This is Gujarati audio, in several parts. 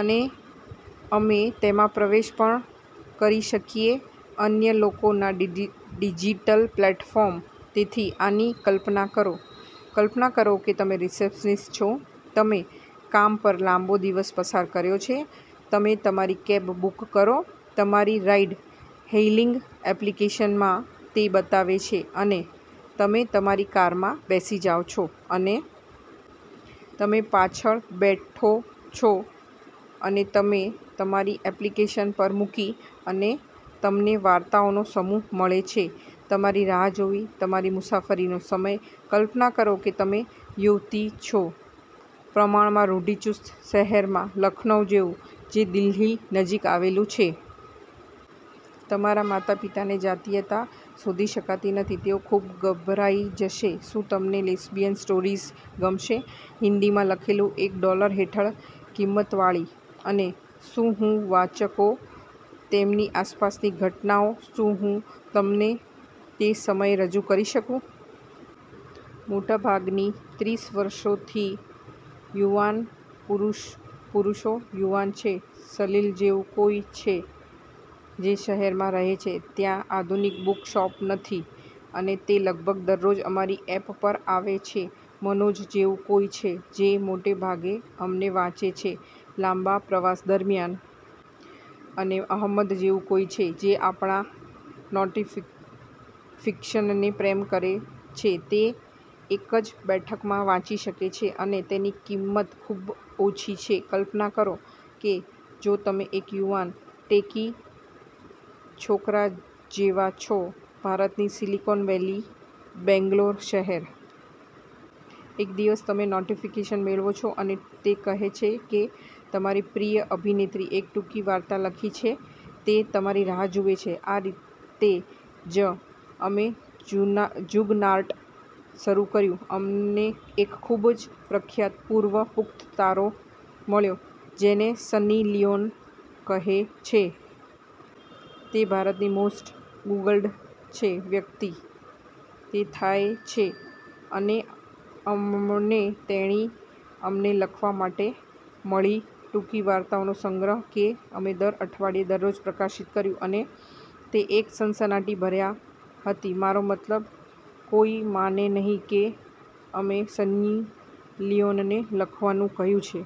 અને અમે તેમાં પ્રવેશ પણ કરી શકીએ અન્ય લોકોના ડિજિટલ પ્લેટફોર્મ. તેથી, આની કલ્પના કરો: કલ્પના કરો કે તમે રિસેપ્શનિસ્ટ છો, તમે કામ પર લાંબો દિવસ પસાર કર્યો છે, તમે તમારી કેબ બુક કરો તમારી રાઇડ-હેઇલિંગ એપ્લિકેશનમાં, તે બતાવે છે, અને તમે તમારી કારમાં બેસી જાઓ છો, અને। તમે પાછળ બેઠો છો, અને તમે તમારી એપ્લિકેશન પર મૂકી. અને તમને વાર્તાઓનો સમૂહ મળે છે તમારી રાહ જોવી, તમારી મુસાફરીનો સમય. કલ્પના કરો કે તમે યુવતી છો, પ્રમાણમાં રૂઢિચુસ્ત શહેરમાં લખનૌ જેવું, જે દિલ્હી નજીક આવેલું છે. તમારા માતાપિતાને જાતિયતા શોધી શકાતી નથી તેઓ ખૂબ ગભરાઈ જશે શું તમને લેસ્બિયન સ્ટોરીઝ ગમશે? હિન્દીમાં લખેલું એક ડોલર હેઠળ કિંમતવાળી અને શું હું વાચકો તેમની આસપાસની ઘટનાઓ શું હું તમને તે સમયે રજૂ કરી શકું? મોટાભાગના ત્રીસ વર્ષોથી યુવાન પુરુષો યુવાન છે સલીલ જેવું કોઈ છે, જે શહેરમાં રહે છે ત્યા આધુનિક બુકશોપ નથી. અને તે લગભગ દરરોજ અમારી એપ પર આવે છે. મનોજ જેવું કોઈ છે, જે મોટે ભાગે અમને વાંચે છે લાંબા પ્રવાસ દરમિયાન. અને અહમદ જેવું કોઈ છે, જે આપણા નોનફિક્શનને પ્રેમ કરે છે કે તે એક જ બેઠકમાં વાંચી શકે છે, અને તેની કિંમત ખૂબ ઓછી છે. કલ્પના કરો કે જો તમે એક યુવાન, ટેકી છોકરા જેવા છો ભારતની સિલિકોન વેલીમાં બેંગ્લોર શહેર. એક દિવસ તમૅ નોટીફીકેશન મેળવો છો અને તે કહે છે કે તમારી પ્રિય અભિનેત્રી એક ટૂંકી વાર્તા લખી છે તે તમારી રાહ જુએ છે આ રીતે જ અમે જુગર્નાટ શરૂ કર્યું. અમને એક ખૂબ જ પ્રખ્યાત પૂર્વ-પુખ્ત તારો મળ્યો, જેને સન્ની લિયોન કહે છે. તે ભારતની મોસ્ટ ગુગલ્ડ છે વ્યક્તિ, તે થાય છે. અને અમને તેણી અમને લખવા માટે મળી ટૂંકી વાર્તાઓનો સંગ્રહ કે અમે દર અઠવાડિયે દરરોજ પ્રકાશિત કર્યું. અને તે એક સનસનાટીભર્યા હતી. મારો મતલબ, કોઈ માને નહીં કે અમે સન્ની લિયોનને લખવાનું કહ્યું છે.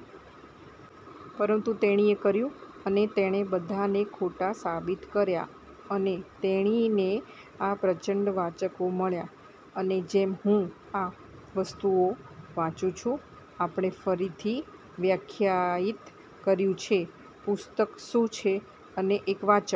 પરંતુ તેણીએ કર્યું અને તેણે બધાને ખોટા સાબિત કર્યા, અને તેણીને આ પ્રચંડ વાચકો મળ્યા. અને જેમ હું આ વસ્તુઓ વાંચું છું આપણે ફરીથી વ્યાખ્યાયિત કર્યું છે પુસ્તક શું છે અને એક વાચક